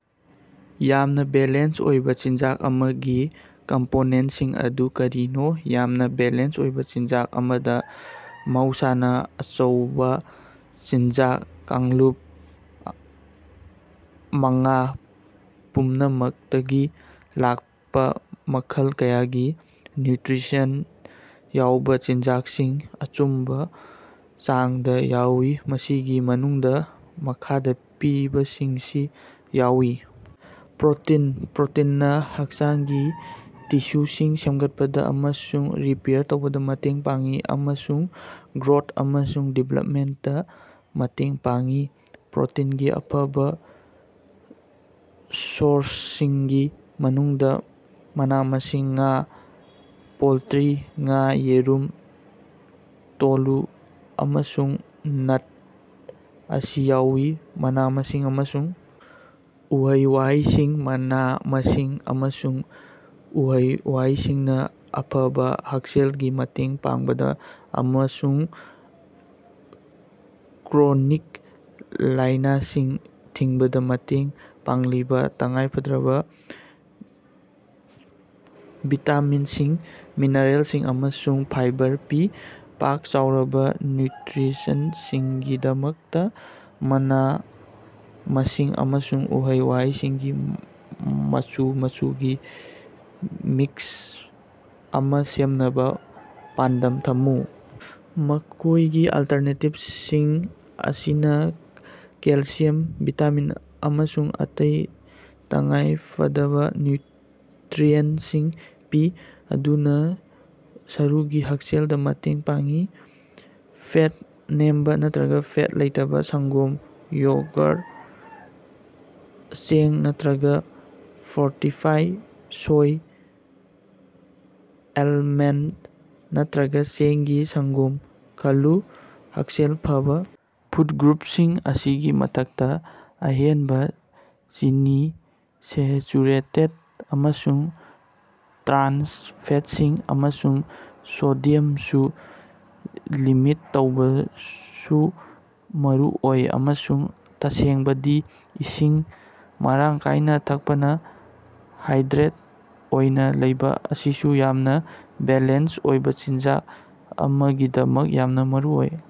ꯌꯥꯝꯅ ꯕꯦꯂꯦꯟꯁ ꯑꯣꯏꯕ ꯆꯤꯟꯖꯥꯛ ꯑꯃꯒꯤ ꯀꯝꯄꯣꯅꯦꯟꯠꯁꯤꯡ ꯑꯗꯨ ꯀꯔꯤꯅꯣ? ꯌꯥꯝꯅ ꯕꯦꯂꯦꯟꯁ ꯑꯣꯏꯕ ꯆꯤꯟꯖꯥꯛ ꯑꯃꯗ ꯃꯍꯧꯁꯥꯅ ꯑꯆꯧꯕꯥ ꯆꯤꯟꯖꯥꯛ ꯀꯥꯡꯂꯨꯞ ꯃꯉꯥ ꯄꯨꯝꯅꯃꯛꯇꯒꯤ ꯂꯥꯛꯄꯥ ꯃꯈꯜ ꯀꯌꯥꯒꯤ ꯅ꯭ꯌꯨꯇꯔꯤꯑꯦꯟꯠ ꯌꯥꯎꯕ ꯆꯤꯟꯖꯥꯛꯁꯤꯡ, ꯑꯆꯨꯝꯕ ꯆꯥꯡꯗ ꯌꯥꯎꯏ꯫ ꯃꯁꯤꯒꯤ ꯃꯅꯨꯡꯗꯥ ꯃꯈꯥꯗ ꯄꯤꯔꯤꯕꯁꯤꯡꯁꯤ ꯌꯥꯎꯏ: ꯄ꯭ꯔꯣꯇꯤꯟ: ꯄ꯭ꯔꯣꯇꯤꯟꯅꯥ ꯍꯛꯆꯥꯡꯒꯤ ꯇꯤꯁꯨꯁꯤꯡ ꯁꯦꯝꯒꯠꯄꯗꯥ ꯑꯃꯁꯨꯡ ꯔꯤꯄꯦꯌꯥꯔ ꯇꯧꯕꯗ ꯃꯇꯦꯡ ꯄꯥꯡꯏ ꯑꯃꯁꯨꯡ ꯒ꯭ꯔꯣꯊ ꯑꯃꯁꯨꯡ ꯗꯤꯚꯦꯂꯞꯃꯦꯟꯠꯗꯥ ꯃꯇꯦꯡ ꯄꯥꯡꯏ꯫ ꯄ꯭ꯔꯣꯇꯤꯟꯒꯤ ꯑꯐꯕꯥ ꯁꯣꯔꯁꯁꯤꯡꯒꯤ ꯃꯅꯨꯡꯗ ꯃꯅꯥ ꯃꯁꯤꯡ, ꯉꯥ, ꯄꯣꯜꯇꯔꯤ, ꯉꯥ, ꯌꯦꯔꯨꯝ, ꯇꯣꯐꯨ, ꯑꯃꯁꯨꯡ ꯅꯠ ꯑꯁꯤ ꯌꯥꯎꯏ꯫ ꯃꯅꯥ-ꯃꯁꯤꯡ ꯑꯃꯁꯨꯡ ꯎꯍꯩ-ꯋꯥꯍꯩꯁꯤꯡ: ꯃꯅꯥ-ꯃꯁꯤꯡ ꯑꯃꯁꯨꯡ ꯎꯍꯩ-ꯋꯥꯍꯩꯁꯤꯡꯅ ꯑꯐꯕ ꯍꯛꯁꯦꯜꯒꯤ ꯃꯇꯦꯡ ꯄꯥꯡꯕꯗ ꯑꯃꯁꯨꯡ ꯀ꯭ꯔꯣꯅꯤꯛ ꯂꯥꯏꯅꯥꯁꯤꯡ ꯊꯤꯡꯕꯗ ꯃꯇꯦꯡ ꯄꯥꯡꯂꯤꯕ ꯇꯉꯥꯏꯐꯗꯕ ꯚꯤꯇꯥꯃꯤꯟꯁꯤꯡ, ꯃꯤꯅꯔꯦꯜꯁꯤꯡ ꯑꯃꯁꯨꯡ ꯐꯥꯏꯕꯔ ꯄꯤ꯫ ꯄꯥꯛ-ꯆꯥꯎꯔꯕ ꯅ꯭ꯌꯨꯇꯔꯤꯑꯦꯟꯠꯁꯤꯡꯒꯤꯗꯃꯛꯇ ꯃꯅꯥ ꯃꯁꯤꯡ ꯑꯃꯁꯨꯡ ꯎꯍꯩ-ꯋꯥꯍꯩꯁꯤꯡꯒꯤ ꯃꯆꯨ ꯃꯆꯨꯒꯤ ꯃꯤꯛꯁ ꯑꯃꯥ ꯁꯦꯝꯅꯕꯥ ꯄꯥꯟꯗꯝ ꯊꯝꯃꯨ꯫ ꯃꯈ‌ꯣꯏꯒꯤ ꯑꯜꯇꯔꯅꯦꯇꯤꯚꯁꯤꯡ ꯑꯁꯤꯅ ꯀꯦꯜꯁꯤꯌꯝ, ꯚꯤꯇꯥꯃꯤꯟ, ꯑꯃꯁꯨꯡ ꯑꯇꯩ ꯇꯉꯥꯏꯐꯗꯕꯥ ꯅ꯭ꯌꯨꯇꯔꯤꯑꯦꯟꯠꯁꯤꯡ ꯄꯤ, ꯃꯗꯨꯅ ꯁꯔꯨꯒꯤ ꯍꯛꯁꯦꯜꯗꯥ ꯃꯇꯦꯡ ꯄꯥꯡꯏ꯫ ꯐꯦꯠ ꯅꯦꯝꯕꯥ ꯅꯠꯇꯔꯒ ꯐꯦꯠ ꯂꯩꯇꯕ ꯁꯪꯒꯣꯝ, ꯌꯣꯒꯔ, ꯆꯦꯡ ꯅꯠꯇꯔꯒ ꯐꯣꯔꯇꯤꯐꯥꯏꯗ ꯁꯣꯏ, ꯑꯦꯜꯃꯟꯗ ꯅꯠꯇꯔꯒ ꯆꯦꯡꯒꯤ ꯁꯪꯒꯣꯝ ꯈꯜꯂꯨ꯫ ꯍꯛꯁꯦꯜ ꯐꯕꯥ ꯐꯨꯗ ꯒ꯭ꯔꯨꯞꯁꯤꯡ ꯑꯁꯤꯒꯤ ꯃꯊꯛꯇ, ꯑꯍꯦꯟꯕꯥ ꯆꯤꯅꯤ, ꯁꯦꯆꯨꯔꯦꯇꯦꯗ ꯑꯃꯁꯨꯡ ꯇ꯭ꯔꯥꯟꯁ ꯐꯦꯠꯁꯤꯡ, ꯑꯃꯁꯨꯡ ꯁꯣꯗꯤꯌꯝꯁꯨ ꯂꯤꯃꯤꯠ ꯇꯧꯕꯁꯨ ꯃꯔꯨꯑꯣꯏ꯫ ꯑꯃꯁꯨꯡ, ꯇꯁꯦꯡꯕꯗꯤ, ꯏꯁꯤꯡ ꯃꯔꯥꯡ ꯀꯥꯏꯅ ꯊꯛꯄꯅ ꯍꯥꯏꯗ꯭ꯔꯦꯠ ꯑꯣꯏꯅꯥ ꯂꯩꯕꯥ ꯑꯁꯤꯁꯨ ꯌꯥꯝꯅ ꯕꯦꯂꯦꯟꯁ ꯑꯣꯏꯕ ꯆꯤꯟꯖꯥꯛ ꯑꯃꯒꯤꯗꯃꯛ ꯌꯥꯝꯅ ꯃꯔꯨꯑꯣꯏ꯫